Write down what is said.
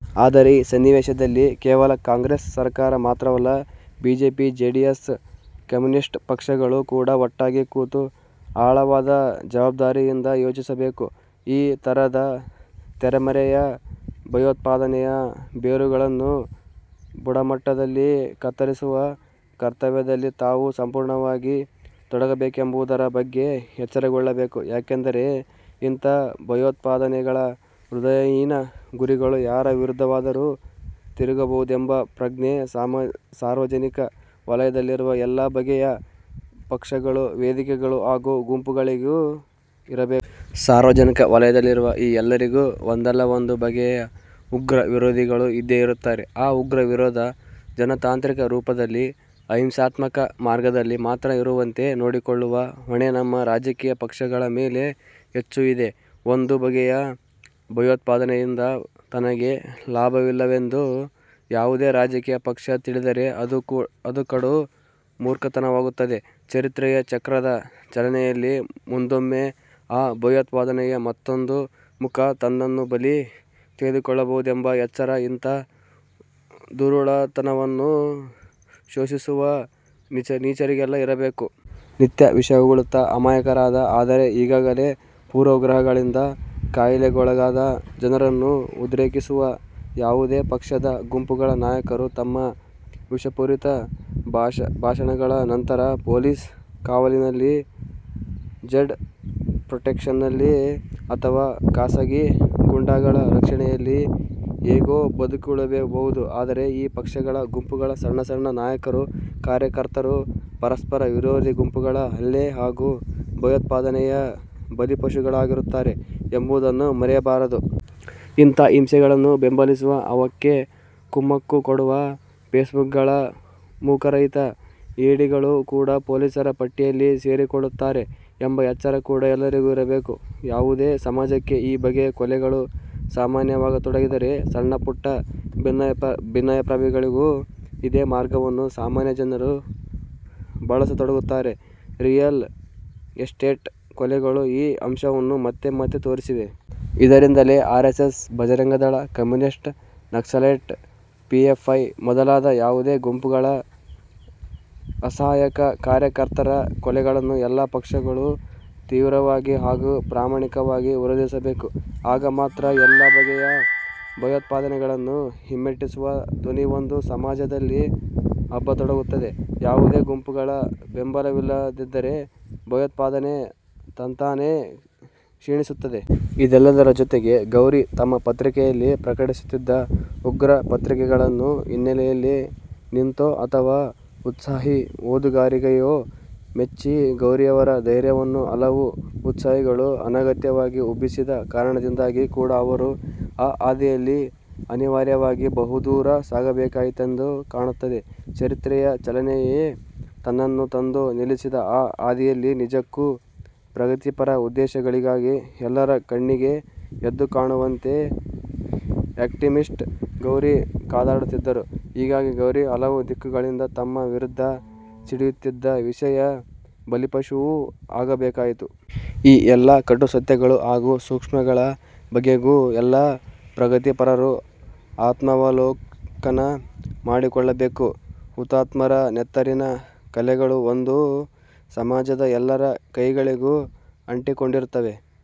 ಆದರೆ ಈ ಸನ್ನಿವೇಶದಲ್ಲಿ ಕೇವಲ ಕಾಂಗ್ರೆಸ್ ಸರಕಾರ ಮಾತ್ರವಲ್ಲ, ಬಿಜೆಪಿ, ಜೆಡಿಎಸ್, ಕಮ್ಯುನಿಸ್ಟ್ ಪಕ್ಷಗಳು ಕೂಡ ಒಟ್ಟಾಗಿ ಕೂತು ಆಳವಾದ ಜವಾಬ್ದಾರಿಯಿಂದ ಯೋಚಿಸಬೇಕು; ಈ ಥರದ ತೆರೆಮರೆಯ ಭಯೋತ್ಪಾದನೆಯ ಬೇರುಗಳನ್ನು ಬುಡಮಟ್ಟದಲ್ಲಿ ಕತ್ತರಿಸುವ ಕರ್ತವ್ಯದಲ್ಲಿ ತಾವೂ ಸಂಪೂರ್ಣವಾಗಿ ತೊಡಗಬೇಕೆಂಬುದರ ಬಗ್ಗೆ ಎಚ್ಚರಗೊಳ್ಳಬೇಕು. ಯಾಕೆಂದರೆ, ಇಂಥ ಭಯೋತ್ಪಾದನೆಗಳ ಹೃದಯಹೀನ ಗುರಿಗಳು ಯಾರ ವಿರುದ್ಧವಾದರೂ ತಿರುಗಬಹುದೆಂಬ ಪ್ರಜ್ಞೆ ಸಾರ್ವಜನಿಕ ವಲಯದಲ್ಲಿರುವ ಎಲ್ಲ ಬಗೆಯ ಪಕ್ಷಗಳು, ವೇದಿಕೆಗಳು ಹಾಗೂ ಗುಂಪುಗಳಿಗೂ ಇರಬೇಕು. ಸಾರ್ವಜನಿಕ ವಲಯದಲ್ಲಿರುವ ಈ ಎಲ್ಲರಿಗೂ ಒಂದಲ್ಲ ಒಂದು ಬಗೆಯ ಉಗ್ರ ವಿರೋಧಿಗಳು ಇದ್ದೇ ಇರುತ್ತಾರೆ. ಆ ಉಗ್ರ ವಿರೋಧ ಜನತಾಂತ್ರಿಕ ರೂಪದಲ್ಲಿ, ಅಹಿಂಸಾತ್ಮಕ ಮಾರ್ಗದಲ್ಲಿ ಮಾತ್ರ ಇರುವಂತೆ ನೋಡಿಕೊಳ್ಳುವ ಹೊಣೆ ನಮ್ಮ ರಾಜಕೀಯ ಪಕ್ಷಗಳ ಮೇಲೆ ಹೆಚ್ಚು ಇದೆ. ಒಂದು ಬಗೆಯ ಭಯೋತ್ಪಾದನೆಯಿಂದ ತನಗೆ ಲಾಭವಿದೆಯೆಂದು ಯಾವುದೇ ರಾಜಕೀಯ ಪಕ್ಷ ತಿಳಿದರೆ ಅದು ಕಡು ಮೂರ್ಖತನವಾಗುತ್ತದೆ; ಚರಿತ್ರೆಯ ಚಕ್ರದ ಚಲನೆಯಲ್ಲಿ ಮುಂದೊಮ್ಮೆ ಆ ಭಯೋತ್ಪಾದನೆಯ ಮತ್ತೊಂದು ಮುಖ ತನ್ನನ್ನೂ ಬಲಿ ತೆಗೆದುಕೊಳ್ಳಬಹುದೆಂಬ ಎಚ್ಚರ ಇಂಥ ದುರುಳತನವನ್ನು ಪೋಷಿಸುವ ನೀಚರಿಗೆಲ್ಲ ಇರಬೇಕು. ನಿತ್ಯ ವಿಷ ಉಗುಳುತ್ತಾ ಅಮಾಯಕರಾದ, ಆದರೆ ಈಗಾಗಲೇ ಪೂರ್ವಗ್ರಹಗಳಿಂದ ಕಾಯಿಲೆಗೊಳಗಾದ, ಜನರನ್ನು ಉದ್ರೇಕಿಸುವ ಯಾವುದೇ ಪಕ್ಷದ, ಗುಂಪುಗಳ ನಾಯಕರು ತಮ್ಮ ವಿಷಪೂರಿತ ಭಾಷಣಗಳ ನಂತರ ಪೊಲೀಸ್ ಕಾವಲಿನಲ್ಲಿ, ಝಡ್ ಪ್ರೊಟೆಕ್ಷನ್ನಲ್ಲಿ ಅಥವಾ ಖಾಸಗಿ ಗೂಂಡಾಗಳ ರಕ್ಷಣೆಯಲ್ಲಿ ಹೇಗೋ ಬದುಕಿಕೊಳ್ಳಬಹುದು; ಆದರೆ ಈ ಪಕ್ಷಗಳ, ಗುಂಪುಗಳ ಸಣ್ಣ ಸಣ್ಣ ನಾಯಕರು, ಕಾರ್ಯಕರ್ತರು ಪರಸ್ಪರ ವಿರೋಧಿ ಗುಂಪುಗಳ ಹಲ್ಲೆ ಹಾಗೂ ಭಯೋತ್ಪಾದನೆಯ ಬಲಿಪಶುಗಳಾಗುತ್ತಿರುತ್ತಾರೆ ಎಂಬುದನ್ನು ಮರೆಯಬಾರದು. ಇಂಥ ಹಿಂಸೆಗಳನ್ನು ಬೆಂಬಲಿಸುವ, ಅವಕ್ಕೆ ಕುಮ್ಮಕ್ಕು ಕೊಡುವ ಫೇಸ್ಬುಕ್ಗಳ ಮುಖರಹಿತ ಹೇಡಿಗಳು ಕೂಡ ಪೊಲೀಸರ ಪಟ್ಟಿಯಲ್ಲಿ ಸೇರಿಕೊಳ್ಳುತ್ತಿರುತ್ತಾರೆ ಎಂಬ ಎಚ್ಚರ ಕೂಡ ಎಲ್ಲರಿಗೂ ಇರಬೇಕು. ಯಾವುದೇ ಸಮಾಜಕ್ಕೆ ಈ ಬಗೆಯ ಕೊಲೆಗಳು ಸಾಮಾನ್ಯವಾಗತೊಡಗಿದರೆ, ಸಣ್ಣಪುಟ್ಟ ಭಿನ್ನಾಭಿಪ್ರಾಯಗಳಿಗೂ ಇದೇ ಮಾರ್ಗವನ್ನು ಸಾಮಾನ್ಯ ಜನರೂ ಬಳಸತೊಡಗುತ್ತಾರೆ. ರಿಯಲ್ ಎಸ್ಟೇಟ್ ಕೊಲೆಗಳು ಈ ಅಂಶವನ್ನು ಮತ್ತೆ ಮತ್ತೆ ತೋರಿಸಿವೆ. ಆದ್ದರಿಂದಲೇ RSS, Bajrang Dal, communist, Naxalite, PFI ಮೊದಲಾಗಿ ಯಾವುದೇ ಗುಂಪುಗಳ ಅಸಹಾಯಕ ಕಾರ್ಯಕರ್ತರ ಕೊಲೆಗಳನ್ನು ಎಲ್ಲ ಪಕ್ಷಗಳೂ ತೀವ್ರವಾಗಿ ಹಾಗೂ ಪ್ರಾಮಾಣಿಕವಾಗಿ ವಿರೋಧಿಸಬೇಕು. ಆಗ ಮಾತ್ರ ಎಲ್ಲ ಬಗೆಯ ಭಯೋತ್ಪಾದನೆಗಳನ್ನು ಹಿಮ್ಮೆಟ್ಟಿಸುವ ಧ್ವನಿ ಒಂದು ಸಮಾಜದಲ್ಲಿ ಹಬ್ಬತೊಡಗುತ್ತದೆ; ಯಾವುದೇ ಗುಂಪುಗಳ ಒಳಬೆಂಬಲವಿಲ್ಲದಿದ್ದರೆ ಭಯೋತ್ಪಾದನೆ ತಂತಾನೇ ಕ್ಷೀಣಿಸುತ್ತದೆ. ಇದೆಲ್ಲದರ ಜೊತೆಗೇ, ಗೌರಿ ತಮ್ಮ ಪತ್ರಿಕೆಯಲ್ಲಿ ಪ್ರಕಟಿಸುತ್ತಿದ್ದ ಉಗ್ರ ಪ್ರತಿಕ್ರಿಯೆಗಳನ್ನು ಹಿನ್ನೆಲೆಯಲ್ಲಿ ನಿಂತೋ ಅಥವಾ ಉತ್ಸಾಹಿ ಓದುಗರಾಗಿಯೋ ಮೆಚ್ಚಿ, ಗೌರಿಯವರ 'ಧೈರ್ಯ'ವನ್ನು ಹಲವು 'ಉತ್ಸಾಹಿಗಳು' ಅನಗತ್ಯವಾಗಿ ಉಬ್ಬಿಸಿದ ಕಾರಣದಿಂದಾಗಿ ಕೂಡ ಅವರು ಆ ಹಾದಿಯಲ್ಲಿ ಅನಿವಾರ್ಯವಾಗಿ ಬಹು ದೂರ ಸಾಗಬೇಕಾಯಿತೆಂದು ಕಾಣುತ್ತದೆ; ಚರಿತ್ರೆಯ ಚಲನೆಯೇ ತನ್ನನ್ನು ತಂದು ನಿಲ್ಲಿಸಿದ ಆ ಹಾದಿಯಲ್ಲಿ ನಿಜಕ್ಕೂ ಪ್ರಗತಿಪರ ಉದ್ದೇಶಗಳಿಗಾಗಿ, ಎಲ್ಲರ ಕಣ್ಣಿಗೆ ಎದ್ದು ಕಾಣುವಂತೆ ಆ್ಯಕ್ಟಿವಿಸ್ಟ್ ಗೌರಿ ಕಾದಾಡುತ್ತಿದ್ದರು; ಹೀಗಾಗಿ ಗೌರಿ ಹಲವು ದಿಕ್ಕುಗಳಿಂದ ತಮ್ಮ ವಿರುದ್ಧ ಸಿಡಿಯುತ್ತಿದ್ದ ವಿಷದ ಬಲಿಪಶುವೂ ಆಗಬೇಕಾಯಿತು. ಈ ಎಲ್ಲ ಕಟು ಸತ್ಯಗಳು ಹಾಗೂ ಸೂಕ್ಷ್ಮಗಳ ಬಗೆಗೂ ಎಲ್ಲ ಪ್ರಗತಿಪರರೂ ಆತ್ಮಾವಲೋಕನ ಮಾಡಿಕೊಳ್ಳಬೇಕು. ಹುತಾತ್ಮರ ನೆತ್ತರಿನ ಕಲೆಗಳು ಒಂದು ಸಮಾಜದ ಎಲ್ಲರ ಕೈಗಳಿಗೂ ಅಂಟಿಕೊಂಡಿರುತ್ತವೆ.